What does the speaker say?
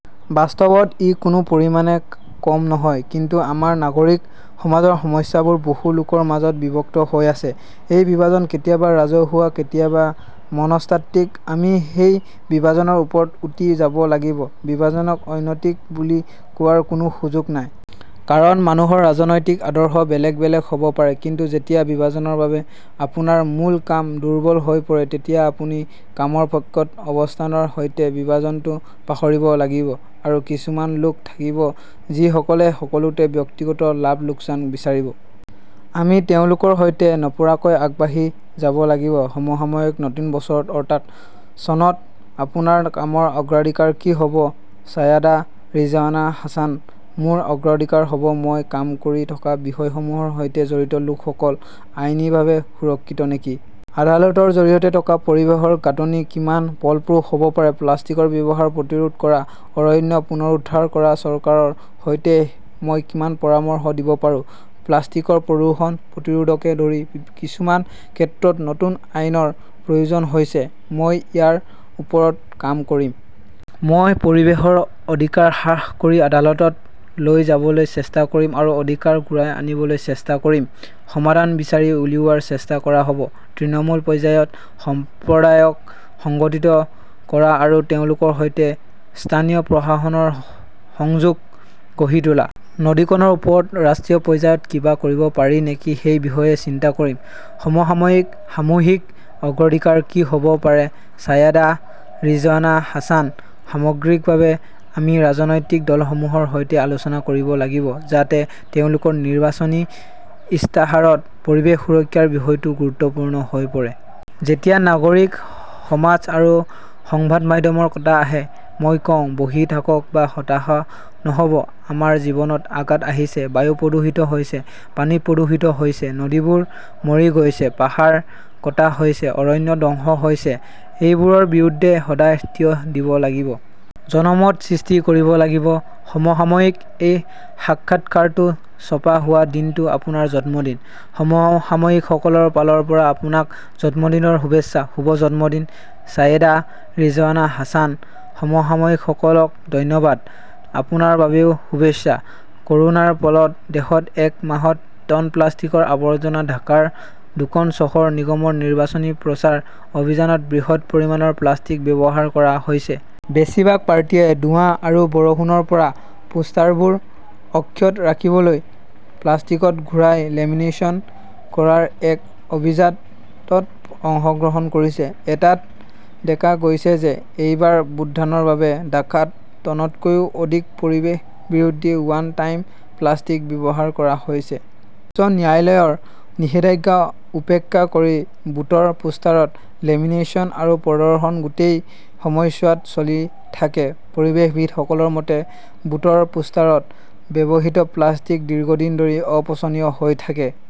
বাস্তৱত ই কোনো পৰিমাণে কম নহয়। কিন্তু আমাৰ নাগৰিক সমাজৰ সমস্যাবোৰ বহু লোকৰ মাজত বিভক্ত হৈ আছে। এই বিভাজন কেতিয়াবা ৰাজহুৱা, কেতিয়াবা মনস্তাত্ত্বিক। আমি সেই বিভাজনৰ ওপৰত উঠি যাব লাগিব। বিভাজনক অনৈতিক বুলি কোৱাৰ কোনো সুযোগ নাই। কাৰণ, মানুহৰ ৰাজনৈতিক আদৰ্শ বেলেগ বেলেগ হ ব পাৰে। কিন্তু যেতিয়া বিভাজনৰ বাবে আপোনাৰ মূল কাম দুৰ্বল হৈ পৰে, তেতিয়া আপুনি কামৰ পক্ষত অৱস্থানৰ সৈতে বিভাজনটো পাহৰিব লাগিব। আৰু কিছুমান লোক থাকিব, যিসকলে সকলোতে ব্যক্তিগত লাভ-লোকচান বিচাৰিব। আমি তেওঁলোকৰ সৈতে নপৰাকৈ আগবাঢ়ি যাব লাগিব। সমসাময়িক নতুন বছৰত, অৰ্থাৎ চনত আপোনাৰ কামৰ অগ্ৰাধিকাৰ কি হ 'ব ছায়েদা ৰিজৱানা হাছান মোৰ অগ্ৰাধিকাৰ হ 'ব মই কাম কৰি থকা বিষয়সমূহৰ সৈতে জড়িত লোকসকল আইনীভাৱে সুৰক্ষিত নেকি। আদালতৰ জৰিয়তে থকা পৰিৱেশৰ গাঁথনি কিমান ফলপ্ৰসূ হ’ব পাৰে। প্লাষ্টিকৰ ব্যৱহাৰ প্ৰতিৰোধ কৰা, অৰণ্য পুনৰুদ্ধাৰ কৰা-চৰকাৰৰ সৈতে মই কিমান পৰামৰ্শ দিব পাৰো। প্লাষ্টিকৰ প্ৰদূষণ প্ৰতিৰোধকে ধৰি কিছুমান ক্ষেত্ৰত নতুন আইনৰ প্ৰয়োজন হৈছে। মই ইয়াৰ ওপৰত কাম কৰিম। মই পৰিৱেশৰ অধিকাৰ হ্ৰাস কৰি আদালতত লৈ যাবলৈ চেষ্টা কৰিম আৰু অধিকাৰ ঘূৰাই আনিবলৈ চেষ্টা কৰিম। সমাধান বিচাৰি উলিওৱাৰ চেষ্টা কৰা হ’ব। তৃণমূল পৰ্যায়ত সম্প্ৰদায়ক সংগঠিত কৰা আৰু তেওঁলোকৰ সৈতে স্থানীয় প্ৰশাসনৰ সংযোগ গঢ়ি তোলা। নদীখনৰ ওপৰত ৰাষ্ট্ৰীয় পৰ্যায়ত কিবা কৰিব পাৰি নেকি সেই বিষয়ে চিন্তা কৰিম। সমসাময়িক সামূহিক অগ্ৰাধিকাৰ কি হ 'ব পাৰে ছায়েদা ৰিজৱানা হাছান সামগ্ৰিকভাৱে আমি ৰাজনৈতিক দলসমূহৰ সৈতে আলোচনা কৰিব লাগিব। যাতে তেওঁলোকৰ নিৰ্বাচনী ইস্তাহাৰত পৰিৱেশ সুৰক্ষাৰ বিষয়টো গুৰুত্বপূৰ্ণ হৈ পৰে। যেতিয়া নাগৰিক সমাজ আৰু সংবাদ মাধ্যমৰ কথা আহে, মই কওঁ, বহি থাকক বা হতাশ নহ 'ব। আমাৰ জীৱনত আঘাত আহিছে। বায়ু প্ৰদূষিত হৈছে, পানী প্ৰদূষিত হৈছে, নদীবোৰ মৰি গৈছে, পাহাৰ কটা হৈছে, অৰণ্য ধ্বংস হৈছে-এইবোৰৰ বিৰুদ্ধে সদায় থিয় দিব লাগিব। জনমত সৃষ্টি কৰিব লাগিব। সমসাময়িকঃ এই সাক্ষাৎকাৰটো ছপা হোৱা দিনটো আপোনাৰ জন্মদিন। সমসাময়িকসকলৰ ফালৰ পৰা আপোনাক জন্মদিনৰ শুভেচ্ছা। শুভ জন্মদিন। ছায়েদা ৰিজৱানা হাছানঃ সমসাময়িকসকলক ধন্যবাদ। আপোনাৰ বাবেও শুভেচ্ছা। ক’ৰোনাৰ ফলত দেশত এক মাহত টন প্লাষ্টিকৰ আৱৰ্জনা ঢাকাৰ দুখন চহৰ নিগমৰ নিৰ্বাচনী প্ৰচাৰ অভিযানত বৃহৎ পৰিমাণৰ প্লাষ্টিক ব্যৱহাৰ কৰা হৈছে। বেছিভাগ প্ৰাৰ্থীয়ে ধোঁৱা আৰু বৰষুণৰ পৰা পোষ্টাৰবোৰ অক্ষত ৰাখিবলৈ প্লাষ্টিকত ঘূৰাই লেমিনেচন কৰাৰ এক অভিজাত ত অংশগ্ৰহণ কৰিছে। এটাত দেখা গৈছে যে এইবাৰ ভোটদানৰ বাবে ঢাকাত টনতকৈও অধিক পৰিৱেশ বিৰোধী 'ৱান টাইম "প্লাষ্টিক ব্যৱহাৰ কৰা হৈছে। উচ্চ ন্যায়ালয়ৰ নিষেধাজ্ঞা উপেক্ষা কৰি ভোটৰ পোষ্টাৰত লেমিনেচন আৰু প্ৰদৰ্শন গোটেই সময়ছোৱাত চলি থাকে। পৰিৱেশবিদসকলৰ মতে, ভোটৰ পোষ্টাৰত ব্যৱহৃত প্লাষ্টিক দীৰ্ঘদিন ধৰি অপচনীয় হৈ থাকে।